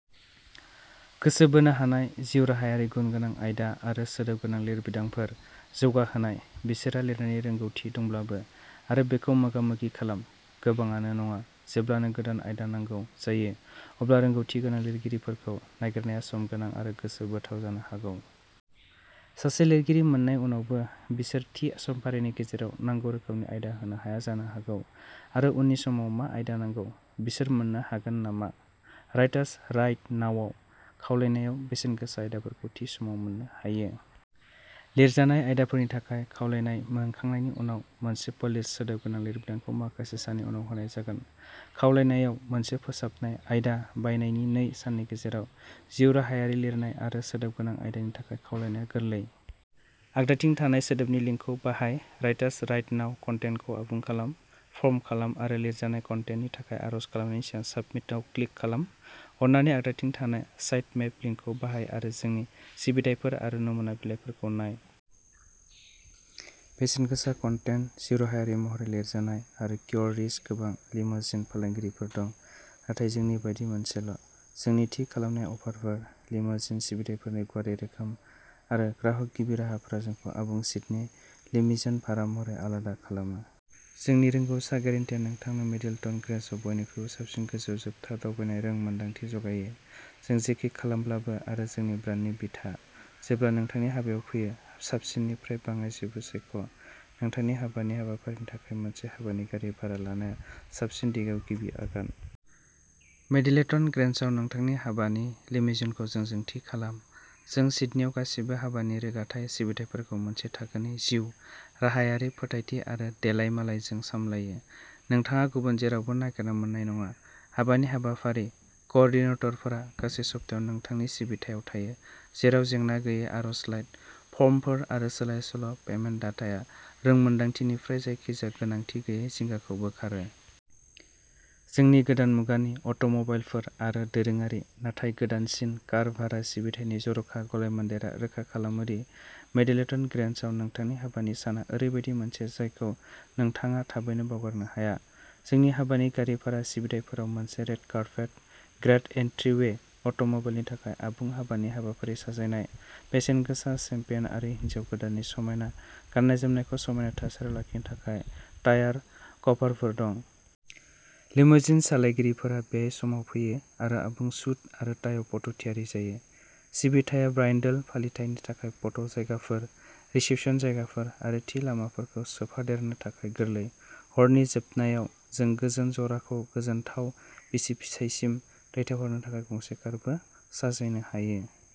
गोसो बोनो हानाय, जिउराहायारि गुन गोनां आयदा आरो सोदोब गोनां लिरबिदांफोर जौगाहोनाय, बिसोरहा लिरनायनि रोंग'थि दंब्लाबो। आरो बेखौ मोगामोगि खालाम, गोबांआनो नङा। जेब्लानो गोदान आयदा नांगौ जायो, अब्ला रोंग'थि गोनां लिरगिरिफोरखौ नागिरनाया सम गोनां आरो गोसो बोथाव जानो हागौ। सासे लिरगिरि मोन्नाय उनावबो, बिसोर थि समफारिनि गेजेराव नांगौ रोखोमनि आयदा होनो हाया जानो हागौ। आरो उननि समाव मा आयदा नांगौ? बिसोर मोन्नो हागोन नामा? राइटार्स राइट नाउआव, खावलायनायाव बेसेनगोसा आयदाफोरखौ थि समाव मोननो हायो। लिरजानाय आयदाफोरनि थाखाय खावलायनाय मोनखांनायनि उनाव, मोनसे पलिश, सोदोब गोनां लिरबिदांखौ माखासे साननि उनाव होनाय जागोन। खावलायनायाव मोनसे फोसाबनाय, आयदा बायनायनि नै साननि गेजेराव जिउ राहायारि लिरनाय आरो सोदोब गोनां आयदानि थाखाय खावलायनाया गोरलै। आगदाथिं थानाय सोमोन्दोनि लिंकखौ बाहाय राइटार्स राइट नाउ कन्टेक्टखौ आबुं खालाम। फर्म खालाम, आरो लिरजानाय कन्टेन्टनि थाखाय आर'ज खालामनायनि सिगां साबमिट आव क्लिक खालाम, अन्नानै आगदाथिं थानाय साइट मेप लिंकखौ बाहाय, आरो जोंनि सिबिथाइफोर आरो नमुना बिलाइफोरखौ नाय। बेसेनगोसा कन्टेन्ट जिउ राहायारि महरै लिरजानाय, आरो किवर्ड रिच गोबां लिम'जिन फालांगिफोर दं, नाथाय जोंनि बायदि मोनसेल'। जोंनि थि खालामनाय अफारफोर, लिमाजिन सिबिथाइफोरनि गुवारै रोखोम, आरो ग्राहक गिबि राहाफोरा जोंखौ आबुं सिडनी लिमिज'न भारा महरै आलादा खालामो। जोंनि रोंग'सा गारान्टिआ नोंथांनो मिडलटन ग्रेन्जआव बयनिख्रुइबो साबसिन गोजौ-जोबथा दावबायनाय रों मोनदांथि जगायो। जों जेखि खालामब्लाबो आरो जोंनि ब्रान्डनि बिथा। जेब्ला नोंथांनि हाबायाव फैयो, साबसिननिफ्राय बाङाइ जेबो सायख'। नोंथांनि हाबानि हाबाफारिनि थाखाय मोनसे हाबानि गारि भारा लानाया साबसिन दिगाव गिबि आगान। मिडलटन ग्रेन्जआव नोंथांनि हाबानि लिमिजनखौ जोंजों थि खालाम। जों सिडनीआव गासिबो हाबानि रोगाथाइ सिबिथाइफोरखौ मोनसे थाखोनि जिउ राहायारि, फोथायथि, आरो देलायमालायजों सामलायो। नोंथाङा गुबुन जेरावबो नागिरना मोन्नाय नङा। हाबानि हाबाफारि क'ओर्डिनेटरफोरा गासै सप्तायाव नोंथांनि सिबिथायाव थायो, जेराव जेंना-गैयै आर'जलाइ फर्मफोर आरो सोलाय-सोल' पेमेन्ट दाथाया रोंमोन्दांथिनिफ्राय जायखिजाया गोनांथि गैयै जिंगाखौ बोखारो। जोंनि गोदान मुगानि अट'म'बाइलफोर आरो दोरोङारि, नाथाय गोदानसिन कार भारा सिबिथायनि जर'खा गलायमोन्देरआ रोखा खालामो दि मिडलटन ग्रेन्ज आव नोंथांनि हाबानि साना ओरैबायदि मोनसे जायखौ नोंथाङा थाबैनो बावगारनो हाया। जोंनि हाबानि गारि भारा सिबिथाइफोराव मोनसे रेड कार्पेट ग्रेन्ड एन्ट्रिवे, अट'मबेइलनि थाखाय आबुं हाबानि हाबाफारि साजायनाय, बेसेनगोसा शैम्पेन, आरो हिन्जाव गोदाननि समायना गाननाय-जोमनायखौ समायना थासारियाव लाखिनो थाखाय टायार कभारफोर दं। लिमुजिन सालायगिरिफोरा बेयाव समाव फैयो आरो आबुं सुट आरो टाइआव फट' थियारि जायो। सिबिथाया ब्राइडल फालिथायनि थाखाय फट' जायगाफोर, रिसेपसन जायगाफोर, आरो थि लामाफोरखौ सोफादेरनो थाखाय गोरलै। हरनि जोबनायाव, जों गोजोन जराखौ गोजोनथाव बिसि-फिसायसिम दैथायहरनो थाखाय गंसे कारबो साजायनो हायो।